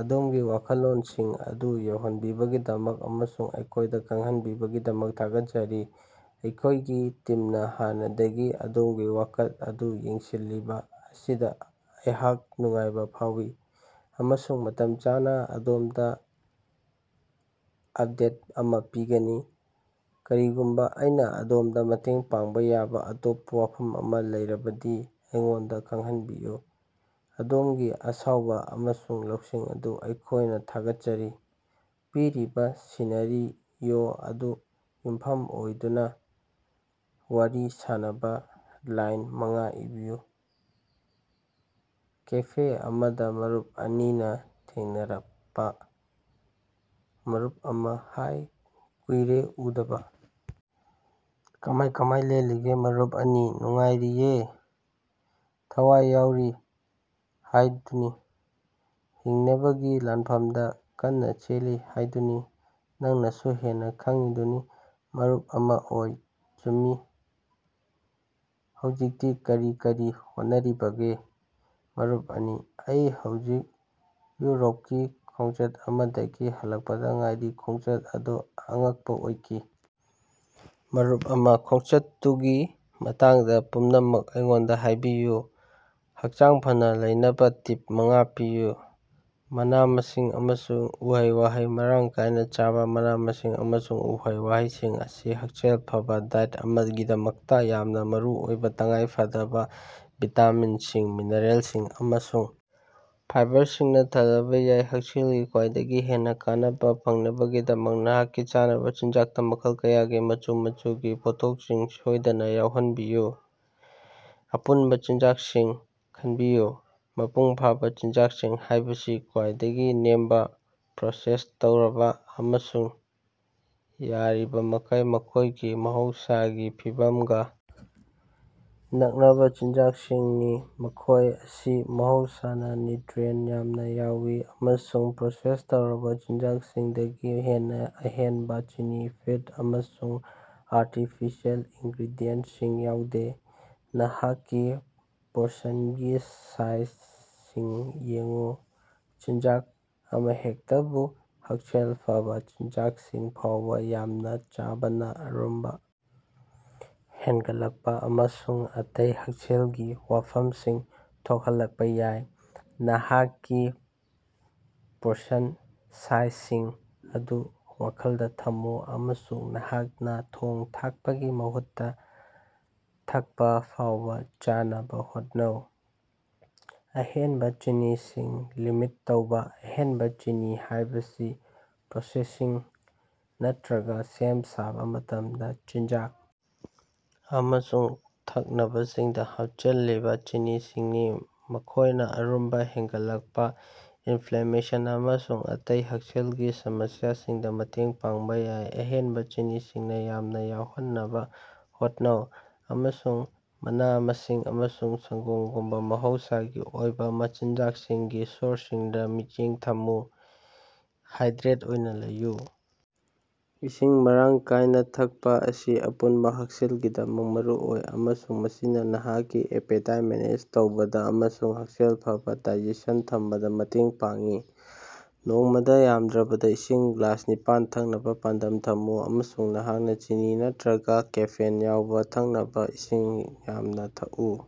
ꯑꯗꯣꯝꯒꯤ ꯋꯥꯈꯜꯂꯣꯟꯁꯤꯡ ꯑꯗꯨ ꯌꯧꯍꯟꯕꯤꯕꯒꯤꯗꯃꯛ ꯑꯃꯁꯨꯡ ꯑꯩꯈꯣꯏꯗ ꯈꯪꯍꯟꯕꯤꯕꯒꯤꯗꯃꯛ ꯊꯥꯒꯠꯆꯔꯤ꯫ ꯑꯩꯈꯣꯏꯒꯤ ꯇꯤꯝꯅ ꯍꯥꯟꯅꯗꯒꯤ ꯑꯗꯣꯝꯒꯤ ꯋꯥꯀꯠ ꯑꯗꯨ ꯌꯦꯡꯁꯤꯜꯂꯤꯕ ꯑꯁꯤꯗ ꯑꯩꯍꯥꯛ ꯅꯨꯡꯉꯥꯏꯕ ꯐꯥꯎꯏ ꯑꯃꯁꯨꯡ ꯃꯇꯝ ꯆꯥꯅ ꯑꯗꯣꯝꯗ ꯑꯞꯗꯦꯠ ꯑꯃ ꯄꯤꯒꯅꯤ꯫ ꯀꯔꯤꯒꯨꯝꯕ ꯑꯩꯅ ꯑꯗꯣꯝꯗ ꯃꯇꯦꯡ ꯄꯥꯡꯕ ꯌꯥꯕ ꯑꯇꯣꯞꯄ ꯋꯥꯐꯝ ꯑꯃ ꯂꯩꯔꯕꯗꯤ ꯑꯩꯉꯣꯟꯗ ꯈꯪꯍꯟꯕꯤꯌꯨ꯫ ꯑꯗꯣꯝꯒꯤ ꯑꯁꯥꯎꯕ ꯑꯃꯁꯨꯡ ꯂꯧꯁꯤꯡ ꯑꯗꯨ ꯑꯩꯈꯣꯏꯅ ꯊꯥꯒꯠꯆꯔꯤ꯫ ꯄꯤꯔꯤꯕ ꯁꯤꯅꯥꯔꯤꯑꯣ ꯑꯗꯨꯗ ꯌꯨꯝꯐꯝ ꯑꯣꯏꯗꯨꯅ ꯋꯥꯔꯤ ꯁꯥꯟꯅꯕ ꯂꯥꯏꯟ ꯃꯉꯥ ꯏꯕꯤꯌꯨ꯫ ꯀꯦꯐꯦ ꯑꯃꯗ ꯃꯔꯨꯞ ꯑꯅꯤꯅ ꯊꯦꯡꯅꯔꯀꯄꯥ- ꯃꯔꯨꯞ ꯑꯃ: ꯍꯥꯏ, ꯀꯨꯏꯔꯦ ꯎꯗꯕ! ꯀꯃꯥꯏ ꯀꯃꯥꯏ ꯂꯦꯜꯂꯤꯒꯦ? ꯃꯔꯨꯞ ꯑꯅꯤ: ꯅꯨꯡꯉꯥꯏꯔꯤꯌꯦ, ꯊꯋꯥꯏ ꯌꯥꯎꯔꯤ ꯍꯥꯏꯗꯨꯅꯤ ꯍꯤꯡꯅꯕꯒꯤ ꯂꯥꯟꯐꯝꯗ ꯀꯟꯅ ꯆꯦꯜꯂꯤ ꯍꯥꯏꯗꯨꯅꯤ ꯅꯪꯅꯁꯨ ꯍꯦꯟꯅ ꯈꯪꯉꯤꯗꯨꯅꯤ꯫ ꯃꯔꯨꯞ ꯑꯃ: ꯑꯣꯏ, ꯆꯨꯝꯃꯤ꯫ꯍꯧꯖꯤꯛꯇꯤ ꯀꯔꯤ ꯀꯔꯤ ꯍꯣꯠꯅꯔꯤꯕꯒꯦ? ꯃꯔꯨꯞ ꯑꯅꯤ: ꯑꯩ ꯍꯧꯖꯤꯛ ꯌꯨꯔꯣꯞꯀꯤ ꯈꯣꯡꯆꯠ ꯑꯃꯗꯒꯤ ꯍꯜꯂꯛꯄꯗ ꯉꯥꯏꯔꯤ꯫ ꯈꯣꯡꯆꯠ ꯑꯗꯣ ꯑꯉꯛꯄ ꯑꯣꯏꯈꯤ! ꯃꯔꯨꯞ ꯑꯃ: ꯈꯣꯡꯆꯠꯇꯨꯒꯤ ꯃꯇꯥꯡꯗ ꯄꯨꯝꯅꯃꯛ ꯑꯩꯉꯣꯟꯗ ꯍꯥꯏꯕꯤꯌꯨ꯫ ꯍꯛꯆꯥꯡ ꯐꯅ ꯂꯩꯅꯕ ꯇꯤꯞ ꯃꯉꯥ ꯄꯤꯌꯨ꯫ ꯃꯅꯥ-ꯃꯁꯤꯡ ꯑꯃꯁꯨꯡ ꯎꯍꯩ-ꯋꯥꯍꯩ ꯃꯔꯥꯡ ꯀꯥꯏꯅ ꯆꯥꯕ: ꯃꯅꯥ-ꯃꯁꯤꯡ ꯑꯃꯁꯨꯡ ꯎꯍꯩ-ꯋꯥꯍꯩꯁꯤꯡ ꯑꯁꯤ ꯍꯛꯁꯦꯜ ꯐꯕ ꯗꯥꯏꯠ ꯑꯃꯒꯤꯗꯃꯛꯇ ꯌꯥꯝꯅ ꯃꯔꯨꯑꯣꯏꯕ ꯇꯉꯥꯏꯐꯗꯕ ꯚꯤꯇꯥꯃꯤꯟꯁꯤꯡ, ꯃꯤꯅꯔꯦꯜꯁꯤꯡ ꯑꯃꯁꯨꯡ ꯐꯥꯏꯕꯔꯁꯤꯡꯅ ꯊꯜꯂꯕ ꯌꯥꯏ꯫ ꯍꯛꯁꯦꯜꯒꯤ ꯈ꯭ꯋꯥꯏꯗꯒꯤ ꯍꯦꯟꯅ ꯀꯥꯟꯅꯕ ꯐꯪꯅꯕꯒꯤꯗꯃꯛ ꯅꯍꯥꯛꯀꯤ ꯆꯥꯅꯕ ꯆꯤꯟꯖꯥꯛꯇ ꯃꯈꯜ ꯀꯌꯥꯒꯤ ꯃꯆꯨ ꯃꯆꯨꯒꯤ ꯄꯣꯠꯊꯣꯛꯁꯤꯡ ꯁꯣꯏꯗꯅ ꯌꯥꯎꯍꯟꯕꯤꯌꯨ꯫ ꯑꯄꯨꯟꯕ ꯆꯤꯟꯖꯥꯛꯁꯤꯡ ꯈꯟꯕꯤꯌꯨ: ꯃꯄꯨꯡꯐꯥꯕ ꯆꯤꯟꯖꯥꯛꯁꯤꯡ ꯍꯥꯏꯕꯁꯤ ꯈ꯭ꯋꯥꯏꯗꯒꯤ ꯅꯦꯝꯕ ꯄ꯭ꯔꯣꯁꯦꯁ ꯇꯧꯔꯕ ꯑꯃꯁꯨꯡ ꯌꯥꯔꯤꯕꯃꯈꯩ ꯃꯈꯣꯏꯒꯤ ꯃꯍꯧꯁꯥꯒꯤ ꯐꯤꯚꯝꯒ ꯅꯛꯅꯕ ꯆꯤꯟꯖꯥꯛꯁꯤꯡꯅꯤ꯫ ꯃꯈꯣꯏ ꯑꯁꯤ ꯃꯍꯧꯁꯥꯅ ꯅ꯭ꯌꯨꯇ꯭ꯔꯤꯑꯦꯟꯇ ꯌꯥꯝꯅ ꯌꯥꯎꯏ ꯑꯃꯁꯨꯡ ꯄ꯭ꯔꯣꯁꯦꯁ ꯇꯧꯔꯕ ꯆꯤꯟꯖꯥꯛꯁꯤꯡꯗꯒꯤ ꯍꯦꯟꯅ ꯑꯍꯦꯟꯕ ꯆꯤꯅꯤ, ꯐꯦꯠ ꯑꯃꯁꯨꯡ ꯑꯥꯔꯇꯤꯐꯤꯁꯤꯑꯦꯜ ꯏꯟꯒ꯭ꯔꯦꯗꯤꯌꯦꯟꯇꯁꯤꯡ ꯌꯥꯎꯗꯦ꯫ ꯅꯍꯥꯛꯀꯤ ꯄꯣꯔꯁꯟꯒꯤ ꯁꯥꯏꯖꯁꯤꯡ ꯌꯦꯡꯎ: ꯆꯤꯟꯖꯥꯛ ꯑꯃꯍꯦꯛꯇꯕꯨ ꯍꯛꯁꯦꯜ ꯐꯕ ꯆꯤꯟꯖꯥꯛꯁꯤꯡ ꯐꯥꯎꯕ ꯌꯥꯝꯅ ꯆꯥꯕꯅ ꯑꯔꯨꯝꯕ ꯍꯦꯟꯒꯠꯂꯛꯄ ꯑꯃꯁꯨꯡ ꯑꯇꯩ ꯍꯛꯁꯦꯜꯒꯤ ꯋꯥꯐꯝꯁꯤꯡ ꯊꯣꯛꯍꯜꯂꯛꯄ ꯌꯥꯏ꯫ ꯅꯍꯥꯛꯀꯤ ꯄꯣꯔꯁꯟ ꯁꯥꯏꯖꯁꯤꯡ ꯑꯗꯨ ꯋꯥꯈꯜꯗ ꯊꯝꯃꯨ ꯑꯃꯁꯨꯡ ꯅꯍꯥꯛꯅ ꯊꯣꯡ-ꯊꯥꯛꯄꯒꯤ ꯃꯍꯨꯠꯇ ꯊꯛꯄ ꯐꯥꯎꯕ ꯆꯥꯅꯕ ꯍꯣꯠꯅꯧ꯫ ꯑꯍꯦꯟꯕ ꯆꯤꯅꯤꯁꯤꯡ ꯂꯤꯃꯤꯠ ꯇꯧꯕ: ꯑꯍꯦꯟꯕ ꯆꯤꯅꯤ ꯍꯥꯏꯕꯁꯤ ꯄ꯭ꯔꯣꯁꯦꯁꯤꯡ ꯅꯠꯇ꯭ꯔꯒ ꯁꯦꯝ-ꯁꯥꯕ ꯃꯇꯝꯗ ꯆꯤꯟꯖꯥꯛ ꯑꯃꯁꯨꯡ ꯊꯛꯅꯕꯁꯤꯡꯗ ꯍꯥꯞꯆꯤꯜꯂꯕ ꯆꯤꯅꯤꯁꯤꯡꯅꯤ꯫ ꯃꯈꯣꯏꯅ ꯑꯔꯨꯝꯕ ꯍꯦꯟꯒꯠꯂꯛꯄ, ꯏꯟꯐ꯭ꯂꯦꯃꯦꯁꯟ ꯑꯃꯁꯨꯡ ꯑꯇꯩ ꯍꯛꯁꯦꯜꯒꯤ ꯁꯃꯁ꯭ꯌꯥꯁꯤꯡꯗ ꯃꯇꯦꯡ ꯄꯥꯡꯕ ꯌꯥꯏ꯫ ꯑꯍꯦꯟꯕ ꯆꯤꯅꯤꯁꯤꯡ ꯌꯥꯝꯅ ꯌꯥꯎꯍꯟꯅꯕ ꯍꯣꯠꯅꯧ ꯑꯃꯁꯨꯡ ꯃꯅꯥ-ꯃꯁꯤꯡ ꯑꯃꯁꯨꯡ ꯁꯪꯒꯣꯝꯒꯨꯝꯕ ꯃꯍꯧꯁꯥꯒꯤ ꯑꯣꯏꯕ ꯃꯆꯤꯟꯖꯥꯛꯁꯤꯡꯒꯤ ꯁꯣꯔꯁꯁꯤꯡꯗ ꯃꯤꯠꯌꯦꯡ ꯊꯝꯃꯨ꯫ ꯍꯥꯏꯗ꯭ꯔꯦꯠ ꯑꯣꯏꯅ ꯂꯩꯌꯨ: ꯏꯁꯤꯡ ꯃꯔꯥꯡ ꯀꯥꯏꯅ ꯊꯛꯄ ꯑꯁꯤ ꯑꯄꯨꯟꯕ ꯍꯛꯁꯦꯜꯒꯤꯗꯃꯛ ꯃꯔꯨꯑꯣꯏ ꯑꯃꯁꯨꯡ ꯃꯁꯤꯅ ꯅꯍꯥꯛꯀꯤ ꯑꯦꯄꯦꯇꯥꯏꯠ ꯃꯦꯅꯦꯖ ꯇꯧꯕꯗ ꯑꯃꯁꯨꯡ ꯍꯛꯁꯦꯜ ꯐꯕ ꯗꯥꯏꯖꯦꯁꯟ ꯊꯝꯕꯗ ꯃꯇꯦꯡ ꯄꯥꯡꯏ꯫ ꯅꯣꯡꯃꯗ ꯌꯥꯝꯗ꯭ꯔꯕꯗ ꯏꯁꯤꯡ ꯒ꯭ꯂꯥꯁ ꯅꯤꯄꯥꯟ ꯊꯛꯅꯕ ꯄꯥꯟꯗꯝ ꯊꯝꯃꯨ ꯑꯃꯁꯨꯡ ꯅꯍꯥꯛꯅ ꯆꯤꯅꯤ ꯅꯠꯇ꯭ꯔꯒ ꯀꯦꯐꯤꯟ ꯌꯥꯎꯕ ꯊꯛꯅꯕ ꯏꯁꯤꯡ ꯌꯥꯝꯅ ꯊꯛꯎ꯫